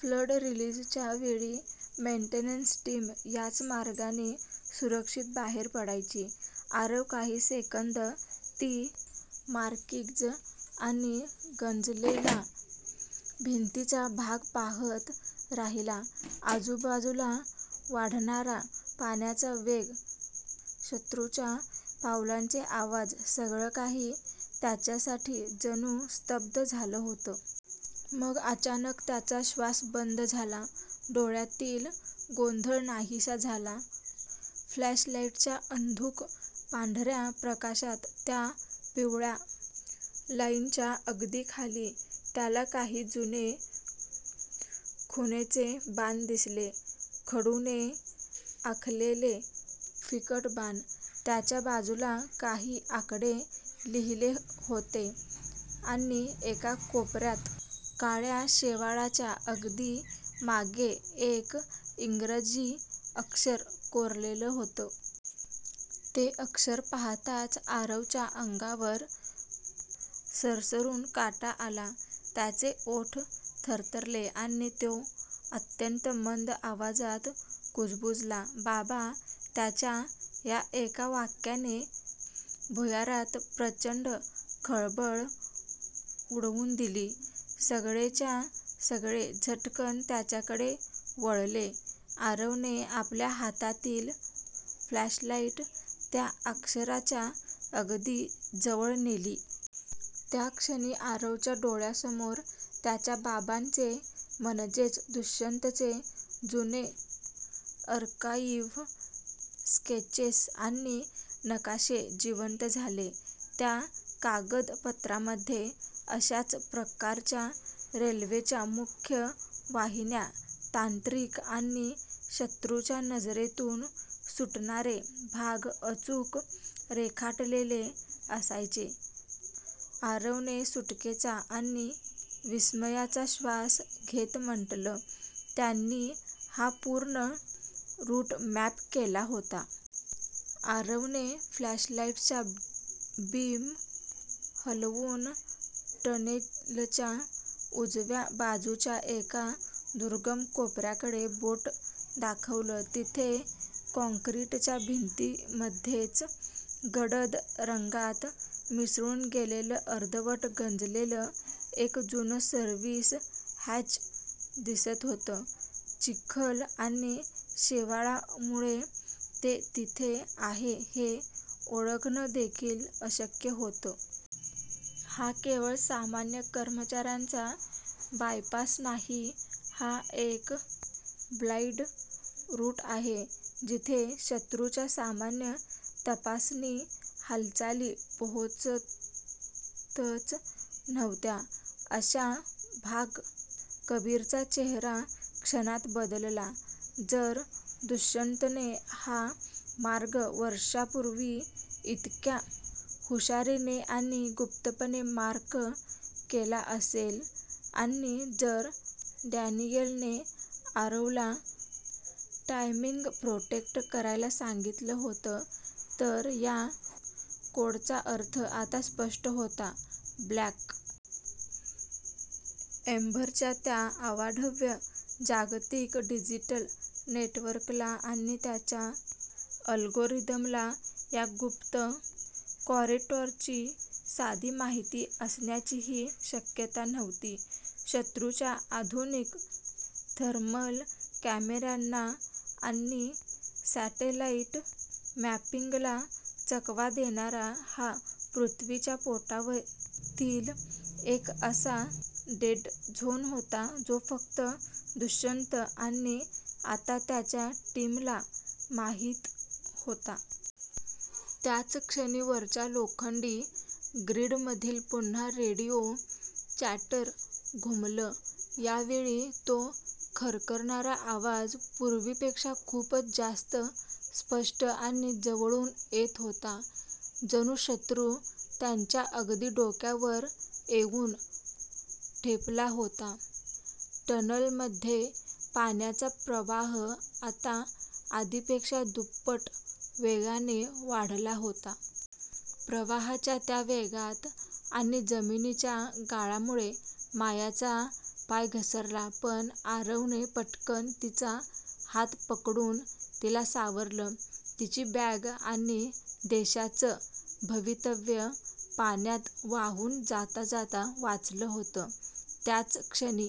Flood रिलिजच्या वेळी maintenance team याच मार्गाने सुरक्षित बाहेर पडायची. आरव काही सेकंद ती मार्किंग्ज आणि गंजलेला भिंतीचा भाग पाहत राहिला. आजूबाजूला वाढणारा पाण्याचा वेग, शत्रूच्या पावलांचे आवाज सगळं काही त्याच्यासाठी जणू स्तब्ध झालं होतं. मग अचानक त्याचा श्वास मंद झाला, डोळ्यांतील गोंधळ नाहीसा झाला. फ्लॅशलाईटच्या अंधुक पांढऱ्या प्रकाशात, त्या पिवळ्या लाईनच्या अगदी खाली, त्याला काही जुने खुणेचे बाण दिसले. खडूने आखलेले फिकट बाण. त्याच्या बाजूला काही आकडे लिहिले होते आणि एका कोपऱ्यात, काळ्या शेवाळाच्या अगदी मागे एक इंग्रजी अक्षर कोरलेलं होतं. ते अक्षर पाहताच आरवच्या अंगावर सरसरून काटा आला. त्याचे ओठ थरथरले आणि तो अत्यंत मंद आवाजात कुजबुजला, "बाबा" त्याच्या या एका वाक्याने भुयारात प्रचंड खळबळ उडवून दिली. सगळेच्या सगळे झटकन त्याच्याकडे वळले. आरवने आपल्या हातातील फ्लॅशलाईट त्या अक्षराच्या अगदी जवळ नेली. त्याक्षणी आरवच्या डोळ्यांसमोर त्याच्या बाबांचे म्हणजेच दुष्यंतचे जुने आर्काइव्ह स्केचेस आणि नकाशे जिवंत झाले. त्या कागदपत्रांमध्ये अशाच प्रकारच्या रेल्वेच्या मुख्य वाहिन्या, तांत्रिक आणि शत्रूच्या नजरेतून सुटणारे भाग अचूक रेखाटलेले असायचे. आरवने सुटकेचा आणि विस्मयाचा श्वास घेत म्हटलं, "त्यांनी हा पूर्ण रूट मॅप केला होता. " आरवने फ्लॅशलाईटचा बीम हलवून टनेलच्या उजव्या बाजूच्या एका दुर्गम कोपऱ्याकडे बोट दाखवलं. तिथे काँक्रीटच्या भिंतीमध्येच गडद रंगात मिसळून गेलेलं, अर्धवट गंजलेलं एक जुनं सर्व्हिस हॅच दिसत होतं. चिखल आणि शेवाळामुळे ते तिथे आहे हे ओळखणं देखील अशक्य होतं. "हा केवळ सामान्य कर्मचाऱ्यांचा बायपास नाही, हा एक ब्लाईंड रूट आहे. जिथे शत्रूच्या सामान्य तपासणी हालचाली पोहोचतच नव्हत्या, असा भाग! " कबीरचा चेहरा क्षणात बदलला. जर दुष्यंतने हा मार्ग वर्षांपूर्वी इतक्या हुशारीने आणि गुप्तपणे मार्क केला असेल आणि जर डॅनियलने आरवला 'टायमिंग प्रोटेक्ट' करायला सांगितलं होतं, तर या कोडचा अर्थ आता स्पष्ट होता.'ब्लॅक एम्बर'च्या त्या अवाढव्य जागतिक डिजिटल नेटवर्कला आणि त्यांच्या अल्गोरिदमला या गुप्त कॉरिडॉरची साधी माहिती असण्याचीही शक्यता नव्हती. शत्रूच्या आधुनिक थर्मल कॅमेऱ्यांना आणि सॅटेलाईट मॅपिंगला चकवा देणारा हा पृथ्वीच्या पोटातील एक असा 'डेड झोन' होता, जो फक्त दुष्यंत आणि आता त्यांच्या टीमला माहीत होता. त्याच क्षणी वरच्या लोखंडी ग्रीडमधून पुन्हा रेडिओ चॅटर घुमलं. यावेळी तो खरखरणारा आवाज पूर्वीपेक्षा खूपच जास्त स्पष्ट आणि जवळून येत होता, जणू शत्रू त्यांच्या अगदी डोक्यावर येऊन ठेपला होता. टनलमध्ये पाण्याचा प्रवाह आता आधीपेक्षा दुप्पट वेगाने वाढला होता. प्रवाहाच्या त्या वेगात आणि जमिनीवरच्या गाळामुळे मायाचा पाय घसरला, पण आरवने पटकन तिचा हात पकडून तिला सावरलं. तिची बॅग आणि देशाचं भवितव्य पाण्यात वाहून जाता जाता वाचलं होतं. त्याच क्षणी